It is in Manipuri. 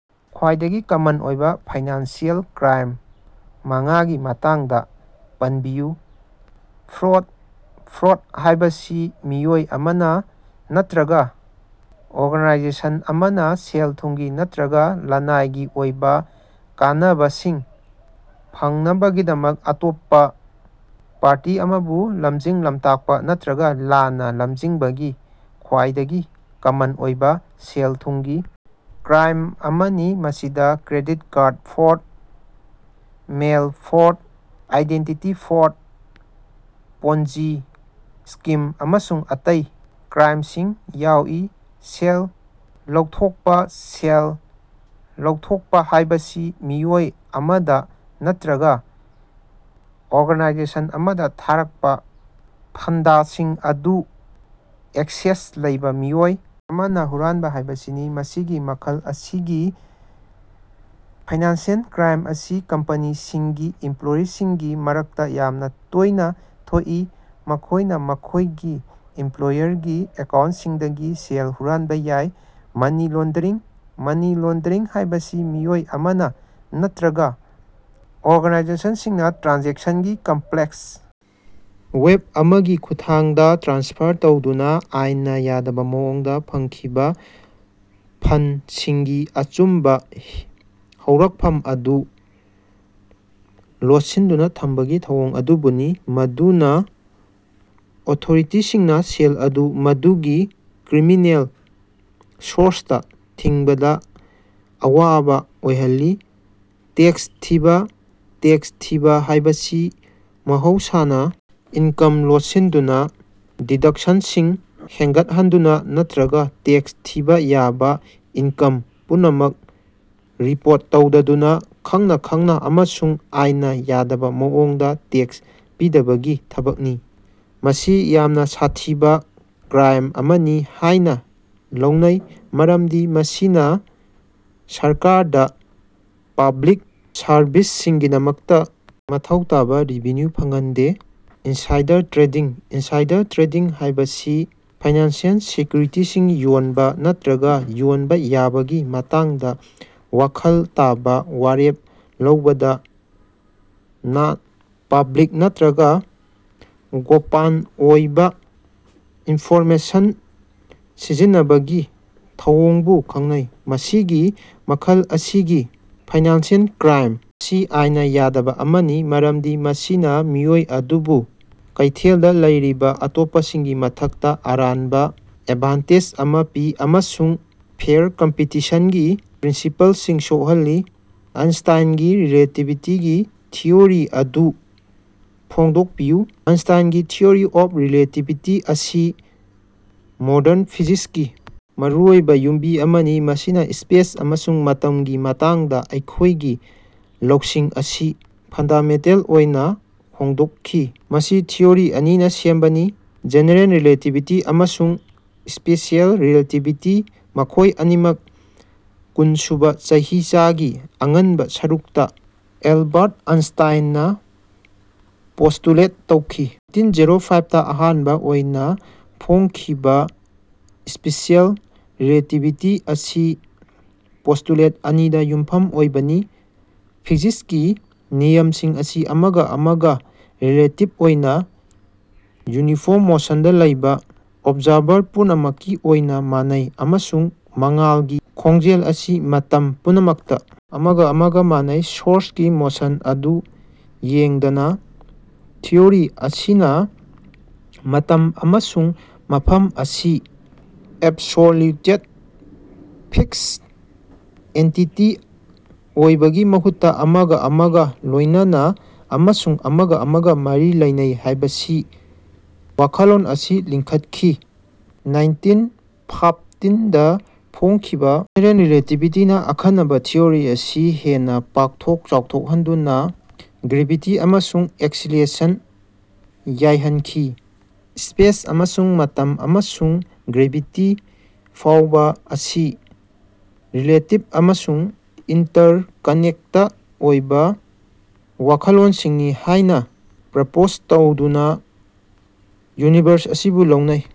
ꯈ꯭ꯋꯥꯏꯗꯒꯤ ꯀꯃꯟ ꯑꯣꯏꯕ ꯐꯥꯏꯅꯥꯟꯁꯤꯑꯦꯜ ꯀ꯭ꯔꯥꯏꯝ ꯃꯉꯥꯒꯤ ꯃꯇꯥꯡꯗ ꯄꯟꯕꯤꯌꯨ꯫ ꯐ꯭ꯔꯣꯗ: ꯐ꯭ꯔꯣꯗ ꯍꯥꯏꯕꯁꯤ ꯃꯤꯑꯣꯏ ꯑꯃꯅ ꯅꯠꯇ꯭ꯔꯒ ꯑꯣꯔꯒꯥꯅꯥꯏꯖꯦꯁꯟ ꯑꯃꯅ ꯁꯦꯜ-ꯊꯨꯝꯒꯤ ꯅꯠꯇ꯭ꯔꯒ ꯂꯅꯥꯏꯒꯤ ꯑꯣꯏꯕ ꯀꯥꯟꯅꯕꯁꯤꯡ ꯐꯪꯅꯕꯒꯤꯗꯃꯛ ꯑꯇꯣꯞꯄ ꯄꯥꯔꯇꯤ ꯑꯃꯕꯨ ꯂꯝꯖꯤꯡ-ꯂꯝꯇꯥꯛꯄ ꯅꯠꯇ꯭ꯔꯒ ꯂꯥꯟꯅ ꯂꯝꯖꯤꯡꯕꯒꯤ ꯈ꯭ꯋꯥꯏꯗꯒꯤ ꯀꯃꯟ ꯑꯣꯏꯕ ꯁꯦꯜ-ꯊꯨꯝꯒꯤ ꯀ꯭ꯔꯥꯏꯝ ꯑꯃꯅꯤ꯫ ꯃꯁꯤꯗ credit card fraud, mail fraud, identity ꯍꯨꯔꯥꯟꯕ, ꯄꯣꯟꯖꯤ ꯁ꯭ꯀꯤꯝ ꯑꯃꯁꯨꯡ ꯑꯇꯩ ꯀ꯭ꯔꯥꯏꯝꯁꯤꯡ ꯌꯥꯎꯏ꯫ ꯁꯦꯜ ꯂꯧꯊꯣꯛꯄ: ꯁꯦꯜ ꯂꯧꯊꯣꯛꯄ ꯍꯥꯏꯕꯁꯤ ꯃꯤꯑꯣꯏ ꯑꯃꯗ ꯅꯠꯇ꯭ꯔꯒ ꯑꯣꯔꯒꯥꯅꯥꯏꯖꯦꯁꯟ ꯑꯃꯗ ꯊꯥꯔꯛꯄ ꯐꯟꯗꯁꯤꯡ ꯑꯗꯨ ꯑꯦꯛꯁꯦꯁ ꯂꯩꯕ ꯃꯤꯑꯣꯏ ꯑꯃꯅ ꯍꯨꯔꯥꯟꯕ ꯍꯥꯏꯕꯁꯤꯅꯤ꯫ ꯃꯁꯤꯒꯤ ꯃꯈꯜ ꯑꯁꯤꯒꯤ ꯐꯥꯏꯅꯥꯟꯁꯤꯑꯦꯜ ꯀ꯭ꯔꯥꯏꯝ ꯑꯁꯤ ꯀꯝꯄꯅꯤꯁꯤꯡꯒꯤ ꯏꯝꯄ꯭ꯂꯣꯌꯤꯁꯤꯡꯒꯤ ꯃꯔꯛꯇ ꯌꯥꯝꯅ ꯇꯣꯏꯅ ꯊꯣꯛꯏ, ꯃꯈꯣꯏꯅ ꯃꯈꯣꯏꯒꯤ ꯏꯝꯄ꯭ꯂꯣꯌꯔꯒꯤ ꯑꯦꯀꯥꯎꯟꯇꯁꯤꯡꯗꯒꯤ ꯁꯦꯜ ꯍꯨꯔꯥꯟꯕ ꯌꯥꯏ꯫ ꯃꯅꯤ ꯂꯣꯟꯗꯔꯤꯡ: ꯃꯅꯤ ꯂꯣꯟꯗꯔꯤꯡ ꯍꯥꯏꯕꯁꯤ ꯃꯤꯑꯣꯏ ꯑꯃꯅ ꯅꯠꯇ꯭ꯔꯒ ꯑꯣꯔꯒꯥꯅꯥꯏꯖꯦꯁꯟꯁꯤꯡꯅ ꯇ꯭ꯔꯥꯟꯖꯦꯛꯁꯟꯒꯤ ꯀꯝꯄ꯭ꯂꯦꯛꯁ ꯋꯦꯕ ꯑꯃꯒꯤ ꯈꯨꯠꯊꯥꯡꯗ ꯇ꯭ꯔꯥꯟꯁꯐꯔ ꯇꯧꯗꯨꯅ ꯑꯥꯏꯟꯅ ꯌꯥꯗꯕ ꯃꯑꯣꯡꯗ ꯐꯪꯈꯤꯕ ꯐꯟꯗꯁꯤꯡꯒꯤ ꯑꯆꯨꯝꯕ ꯍꯧꯔꯛꯐꯝ ꯑꯗꯨ ꯂꯣꯠꯁꯤꯟꯗꯨꯅ ꯊꯝꯕꯒꯤ ꯊꯧꯑꯣꯡ ꯑꯗꯨꯕꯨꯅꯤ, ꯃꯗꯨꯅ ꯑꯣꯊꯣꯔꯤꯇꯤꯁꯤꯡꯅ ꯁꯦꯜ ꯑꯗꯨ ꯃꯗꯨꯒꯤ ꯀ꯭ꯔꯤꯃꯤꯅꯦꯜ ꯁꯣꯔꯁꯇ ꯊꯤꯡꯕꯗ ꯑꯋꯥꯕ ꯑꯣꯏꯍꯜꯂꯤ꯫ ꯇꯦꯛꯁ ꯊꯤꯕ: ꯇꯦꯛꯁ ꯊꯤꯕ ꯍꯥꯏꯕꯁꯤ ꯃꯍꯧꯁꯥꯅ ꯏꯟꯀꯝ ꯂꯣꯠꯁꯤꯟꯗꯨꯅ, ꯗꯤꯗꯛꯁꯟꯁꯤꯡ ꯍꯦꯟꯒꯠꯍꯟꯗꯨꯅ ꯅꯠꯇ꯭ꯔꯒ ꯇꯦꯛꯁ ꯊꯤꯕ ꯌꯥꯕ ꯏꯟꯀꯝ ꯄꯨꯝꯅꯃꯛ ꯔꯤꯄꯣꯔꯠ ꯇꯧꯗꯗꯨꯅ, ꯈꯪꯅ ꯈꯪꯅ ꯑꯃꯁꯨꯡ ꯑꯥꯏꯟꯅ ꯌꯥꯗꯕ ꯃꯑꯣꯡꯗ ꯇꯦꯛꯁ ꯄꯤꯗꯕꯒꯤ ꯊꯕꯛꯅꯤ꯫ ꯃꯁꯤ ꯌꯥꯝꯅ ꯁꯥꯊꯤꯕ ꯀ꯭ꯔꯥꯏꯝ ꯑꯃꯅꯤ ꯍꯥꯏꯅ ꯂꯧꯅꯩ, ꯃꯔꯝꯗꯤ ꯃꯁꯤꯅ ꯁꯔꯀꯥꯔꯗ ꯄꯕ꯭ꯂꯤꯛ ꯁꯔꯚꯤꯁꯁꯤꯡꯒꯤꯗꯃꯛꯇ ꯃꯊꯧ ꯇꯥꯕ ꯔꯦꯚꯤꯅ꯭ꯌꯨ ꯐꯪꯍꯟꯗꯦ꯫ ꯏꯟꯁꯥꯏꯗꯔ ꯇ꯭ꯔꯦꯗꯤꯡ: ꯏꯟꯁꯥꯏꯗꯔ ꯇ꯭ꯔꯦꯗꯤꯡ ꯍꯥꯏꯕꯁꯤ ꯐꯥꯏꯅꯥꯟꯁꯤꯑꯦꯜ ꯁꯦꯀ꯭ꯌꯨꯔꯤꯇꯤꯁꯤꯡ ꯌꯣꯟꯕ ꯅꯠꯇ꯭ꯔꯒ ꯌꯣꯟꯕ ꯌꯥꯕꯒꯤ ꯃꯇꯥꯡꯗ ꯋꯥꯈꯜ ꯇꯥꯕ ꯋꯥꯔꯦꯞ ꯂꯧꯕꯗ ꯅꯟ-ꯄꯕ꯭ꯂꯤꯛ ꯅꯠꯇ꯭ꯔꯒ ꯒꯣꯄꯟ ꯑꯣꯏꯕ ꯏꯟꯐꯣꯔꯃꯦꯁꯟ ꯁꯤꯖꯤꯟꯅꯕꯒꯤ ꯊꯧꯑꯣꯡꯕꯨ ꯈꯪꯅꯩ꯫ ꯃꯁꯤꯒꯤ ꯃꯈꯜ ꯑꯁꯤꯒꯤ ꯐꯥꯏꯅꯥꯟꯁꯤꯑꯦꯜ ꯀ꯭ꯔꯥꯏꯝ ꯑꯁꯤ ꯑꯥꯏꯟꯅ ꯌꯥꯗꯕ ꯑꯃꯅꯤ ꯃꯔꯝꯗꯤ ꯃꯁꯤꯅ ꯃꯤꯑꯣꯏ ꯑꯗꯨꯕꯨ ꯀꯩꯊꯦꯜꯗꯥ ꯂꯩꯔꯤꯕ ꯑꯇꯣꯞꯄꯁꯤꯡꯒꯤ ꯃꯊꯛꯇ ꯑꯔꯥꯟꯕ ꯑꯦꯗꯚꯥꯟꯇꯦꯖ ꯑꯃ ꯄꯤ ꯑꯃꯁꯨꯡ ꯐꯦꯌꯔ ꯀꯝꯄꯤꯇꯤꯁꯟꯒꯤ ꯄ꯭ꯔꯤꯟꯁꯤꯄꯜꯁꯤꯡ ꯁꯣꯛꯍꯜꯂꯤ꯫ ꯑꯥꯏꯟꯁꯇꯤꯟꯒꯤ ꯔꯤꯂꯦꯇꯤꯕꯤꯇꯤꯒꯤ ꯊꯤꯑꯣꯔꯤ ꯑꯗꯨ ꯐꯣꯡꯗꯣꯛꯄꯤꯌꯨ꯫ ꯑꯥꯏꯟꯁꯇꯤꯟꯒꯤ ꯊꯤꯑꯣꯔꯤ ꯑꯣꯐ ꯔꯤꯂꯦꯇꯤꯕꯤꯇꯤ ꯑꯁꯤ ꯃꯣꯗꯔꯟ ꯐꯤꯖꯤꯛꯁꯀꯤ ꯃꯔꯨꯑꯣꯏꯕ ꯌꯨꯝꯕꯤ ꯑꯃꯅꯤ, ꯃꯁꯤꯅ ꯁ꯭ꯄꯦꯁ ꯑꯃꯁꯨꯡ ꯃꯇꯝꯒꯤ ꯃꯇꯥꯡꯗ ꯑꯩꯈꯣꯏꯒꯤ ꯂꯧꯁꯤꯡ ꯑꯁꯤ ꯐꯟꯗꯥꯃꯦꯟꯇꯦꯜ ꯑꯣꯏꯅ ꯍꯣꯡꯗꯣꯛꯈꯤ꯫ ꯃꯁꯤ ꯊꯤꯑꯣꯔꯤ ꯑꯅꯤꯅ ꯁꯦꯝꯕꯅꯤ: ꯖꯦꯅꯦꯔꯦꯜ ꯔꯤꯂꯦꯇꯤꯕꯤꯇꯤ ꯑꯃꯁꯨꯡ ꯁ꯭ꯄꯦꯁꯤꯑꯦꯜ ꯔꯤꯂꯦꯇꯤꯕꯤꯇꯤ, ꯃꯈꯣꯏ ꯑꯅꯤꯃꯛ ꯀꯨꯟꯁꯨꯕ ꯆꯍꯤꯆꯥꯒꯤ ꯑꯉꯟꯕ ꯁꯔꯨꯛꯇ ꯑꯦꯜꯕꯥꯔꯠ ꯑꯥꯏꯟꯁꯇꯤꯟꯅ ꯄꯣꯁꯇꯨꯂꯦꯠ ꯇꯧꯈꯤ꯫ ꯅꯥꯏꯟꯇꯤꯟ ꯖꯦꯔꯣ ꯐꯥꯏꯞꯗꯥ ꯑꯍꯥꯟꯕ ꯑꯣꯏꯅ ꯐꯣꯡꯈꯤꯕ ꯁ꯭ꯄꯦꯁꯤꯑꯦꯜ ꯔꯤꯂꯦꯇꯤꯕꯤꯇꯤ ꯑꯁꯤ ꯄꯣꯁꯇꯨꯂꯦꯠ ꯑꯅꯤꯗ ꯌꯨꯝꯐꯝ ꯑꯣꯏꯕꯅꯤ: ꯐꯤꯖꯤꯛꯁꯀꯤ ꯅꯤꯌꯝꯁꯤꯡ ꯑꯁꯤ ꯑꯃꯒ ꯑꯃꯒ ꯔꯤꯂꯦꯇꯤꯚ ꯑꯣꯏꯅ ꯌꯨꯅꯤꯐꯣꯔꯝ ꯃꯣꯁꯟꯗ ꯂꯩꯕ ꯑꯣꯕꯖꯥꯔꯚꯔ ꯄꯨꯝꯅꯃꯛꯀꯤ ꯑꯣꯏꯅ ꯃꯥꯟꯅꯩ, ꯑꯃꯁꯨꯡ ꯃꯉꯥꯜꯒꯤ ꯈꯣꯡꯖꯦꯜ ꯑꯁꯤ ꯃꯇꯝ ꯄꯨꯝꯅꯃꯛꯇ ꯑꯃꯒ ꯑꯃꯒ ꯃꯥꯟꯅꯩ, ꯁꯣꯔꯁꯀꯤ ꯃꯣꯁꯟ ꯑꯗꯨ ꯌꯦꯡꯗꯅ꯫ ꯊꯤꯑꯣꯔꯤ ꯑꯁꯤꯅ ꯃꯇꯝ ꯑꯃꯁꯨꯡ ꯃꯐꯝ ꯑꯁꯤ ꯑꯦꯕꯁꯣꯂ꯭ꯌꯨꯇꯦꯗ, ꯐꯤꯛꯁ ꯑꯦꯟꯇꯤꯇꯤ ꯑꯣꯏꯕꯒꯤ ꯃꯍꯨꯠꯇ ꯑꯃꯒ ꯑꯃꯒ ꯂꯣꯏꯅꯅ ꯑꯃꯁꯨꯡ ꯑꯃꯒ ꯑꯃꯒ ꯃꯔꯤ ꯂꯩꯅꯩ ꯍꯥꯏꯕꯒꯤ ꯋꯥꯈꯜꯂꯣꯟ ꯑꯁꯤ ꯂꯤꯡꯈꯠꯈꯤ꯫ ꯅꯥꯏꯟꯇꯤꯟ ꯐꯥꯐꯇꯤꯟꯗ ꯐꯣꯡꯈꯤꯕ ꯖꯦꯅꯦꯔꯦꯜ ꯔꯤꯂꯦꯇꯤꯕꯤꯇꯤꯅ ꯑꯈꯟꯅꯕ ꯊꯤꯑꯣꯔꯤ ꯑꯁꯤ ꯍꯦꯟꯅ ꯄꯥꯛꯊꯣꯛ ꯆꯥꯎꯊꯣꯛꯍꯟꯗꯨꯅ ꯒ꯭ꯔꯦꯚꯤꯇꯤ ꯑꯃꯁꯨꯡ ꯑꯦꯛꯁꯤꯂꯦꯁꯟ ꯌꯥꯏꯍꯟꯈꯤ꯫ ꯁ꯭ꯄꯦꯁ ꯑꯃꯁꯨꯡ ꯃꯇꯝ, ꯑꯃꯁꯨꯡ ꯒ꯭ꯔꯦꯚꯤꯇꯤ ꯐꯥꯎꯕ ꯑꯁꯤ ꯔꯤꯂꯦꯇꯤꯚ ꯑꯃꯁꯨꯡ ꯏꯟꯇꯔꯀꯅꯦꯛꯇ ꯑꯣꯏꯕ ꯋꯥꯈꯜꯂꯣꯟꯁꯤꯡꯅꯤ ꯍꯥꯏꯅ ꯄ꯭ꯔꯄꯣꯖ ꯇꯧꯗꯨꯅ ꯌꯨꯅꯤꯚꯔꯁ ꯑꯁꯤꯕꯨ ꯂꯧꯅꯩ꯫